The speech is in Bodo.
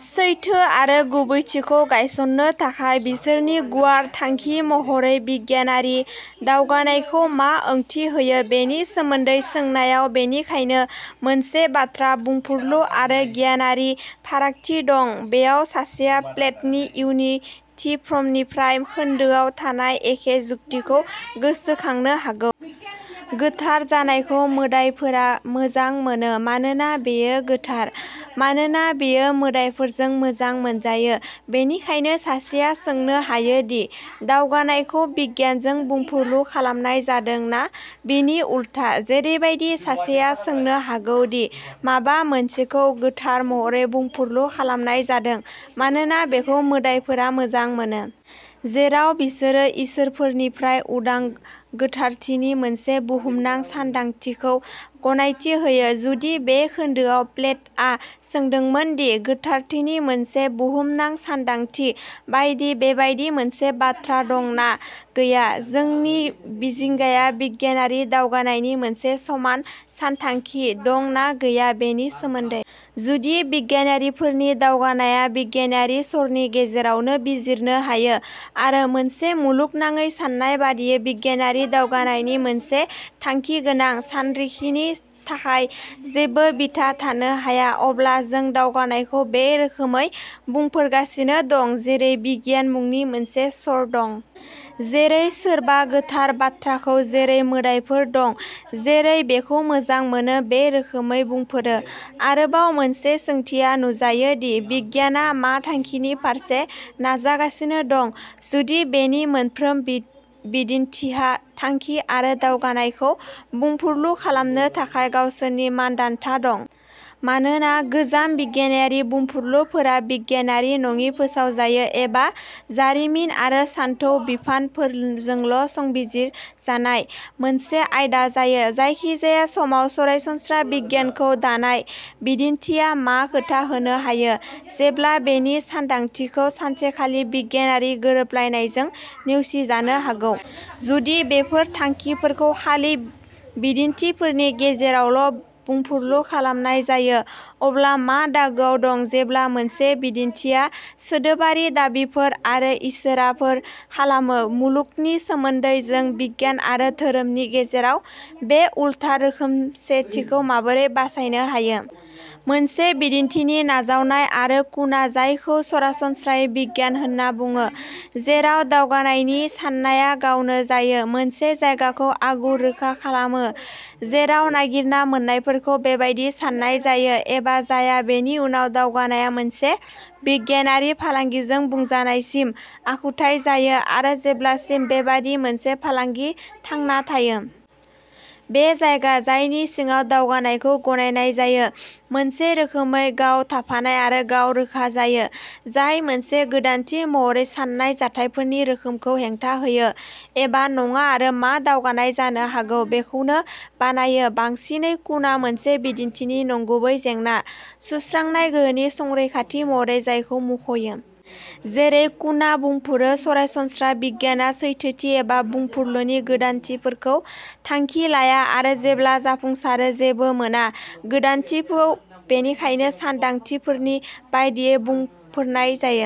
सैथो आरो गुबैथिखौ गायसननो थाखाय बिसोरनि गुवार थांखि महरै बिगियानारि दावगानायखौ मा ओंथि होयो बेनि सोमोनदै सोंनायाव बेनिखायनो मोनसे बाथ्रा बुंफुरलु आरो गियानारि फारागथि दं। बेयाव सासेया प्लेट'नि इउथिफ्रनिफ्राय खोनदोआव थानाय एखे जुक्तिखौ गोसोखांनो हागौ। गोथार जानायखौ मोदाइफोरा मोजां मोनो मानोना बेयो गोथार। मानोना बेयो मोदाइफोरजों मोजां मोनजायो? बेनिखायनो सासेया सोंनो हायो दि दावगानायखौ बिगियानजों बुंफुरलु खालामनाय जादों ना बिनि उलथा। जेरैबादि सासेया सोंनो हागौ दि माबा मोनसेखौ गोथार महरै बुंफुरलु खालामनाय जादों मानोना बेखौ मोदाइफोरा मोजां मोनो। जेराव बिसोरो इसोरफोरनिफ्राय उदां गोथारथिनि मोनसे बुहुमनां सानदांथिखौ गनायथि होयो। जुदि बे खोनदोआव प्लेट'आ सोंदोंमोन दि गोथारथिनि मोनसे बुहुमनां सानदांथि बायदि बेबादि मोनसे बाथ्रा दं ना गैया? जोंनि जिंगाया बिगियानारि दावगानायनि मोनसे समान सानदांथि दं ना गैया बेनि सोमोनदै? जुदि बिगियानफोरनि दावगानायआ बिगियानारि सर'नि गेजेरावनो बिजिरनो हायो आरो मोनसे मुलुगनाङै साननाय बादियै बिगियानारि दावगानायनि मोनसे थांखिगोनां सानरिखिनि थाखाय जेबो बिथा थानो हाया। अब्ला जों दावगानायखौ बे रोखोमै बुंफोरगासिनो दं जेरै बिगियान मुंनि मोनसे सर'दं। जेरै सोरबा गोथार बाथ्राखौ जेरै मोदाइफोर दं जेरै बेखौ मोजां मोनो बे रोखोमै बुंफोरो। आरोबाव मोनसे सोंथिया नुजायो दि बिगियानआ मा थांखिनि फारसे नाजागासिनो दं। जुदि बेनि मोनफ्रोम बि बिदिनथिहा थांखि आरो दावगानायखौ बुंफुरलु खालामनो थाखाय गावसोरनि मानदान्था दं। मानोना गोजाम बिगियानारि बुंफुरलुफोरा बिगियानारि नङि फोसावजायो एबा जारिमिन आरो सानथौ बिफानफोरजोंल' संजिरजानाय मोनसे आयदा जायो। जायखिजाया समाव सरासनस्रा बिगियानखौ दानाय बिदिनथिआ मा खोथा होनो हायो। जेब्ला बेनि सान्दांथिखौ सानसेखालि बिगियानारि गोरोबलायनायजों नेवसिजानो हागौ। जुदि बेफोर थांखिफोरखौ खालि बिदिनथिफोरनि गेजेरावल बुंफुरलु खालामनाय जायो अब्ला मा दागोआव दं जेब्ला मोनसे बिदिनथिया सोदोबारि दाबिफोर आरो इसोराफोर खालामो मुलुगनि सोमोन्दै। जों बिगियान आरो धोरोमनि गेजेराव बे उल्था रोखोमसेथिखौ माबोरै बासायनो हायो? मोनसे बिदिन्थिनि नाजावनाय आरो कुनआ जायखौ सरासनस्रा बिगियान होनना बुङो जेराव दावगानायनि साननाया गावनो जायो मोनसे जायगाखौ आगु रोखा खालामो। जेराव नागिरना मोन्नायफोरखौ बेबादि सान्नाय जायो एबा जाया बेनि उनाव दावगानायआ मोनसे बिगियानारि फालांगिजों बुंजानायसिम आखुथाय जायो आरो जेब्लासिम बेबादि मोनसे फालांगि थांना थायो। बे जायगा जायनि सिङाव दावगानायखौ गनायनाय जायो। मोनसे रोखोमै गाव थाफानाय आरो गाव रोखा जायो। जाय मोनसे गोदानथि महरै सान्नाय जाथायफोरनि रोखोमखौ हेंथा होयो एबा नङा आरो मा दावगानाय जानो हागौ बेखौनो बानायो बांसिनै कुनआ मोनसे बिदिन्थिनि नंगुबै जेंना सुस्रांनाय गोहोनि संरैखाथि महरै जायखौ मुंख'यो। जेरै कुना बुंफोरो सरासनस्रा बिगियानआ सैथोथि एबा बुंफुरलुनि गोदानथिफोरखौ थांखि लाया आरो जेब्ला जाफुंसारो जेबो मोना गोदानथिखौ बेनिखायनो सानदांथिफोरनि बायदियै बुंफोरनाय जायो।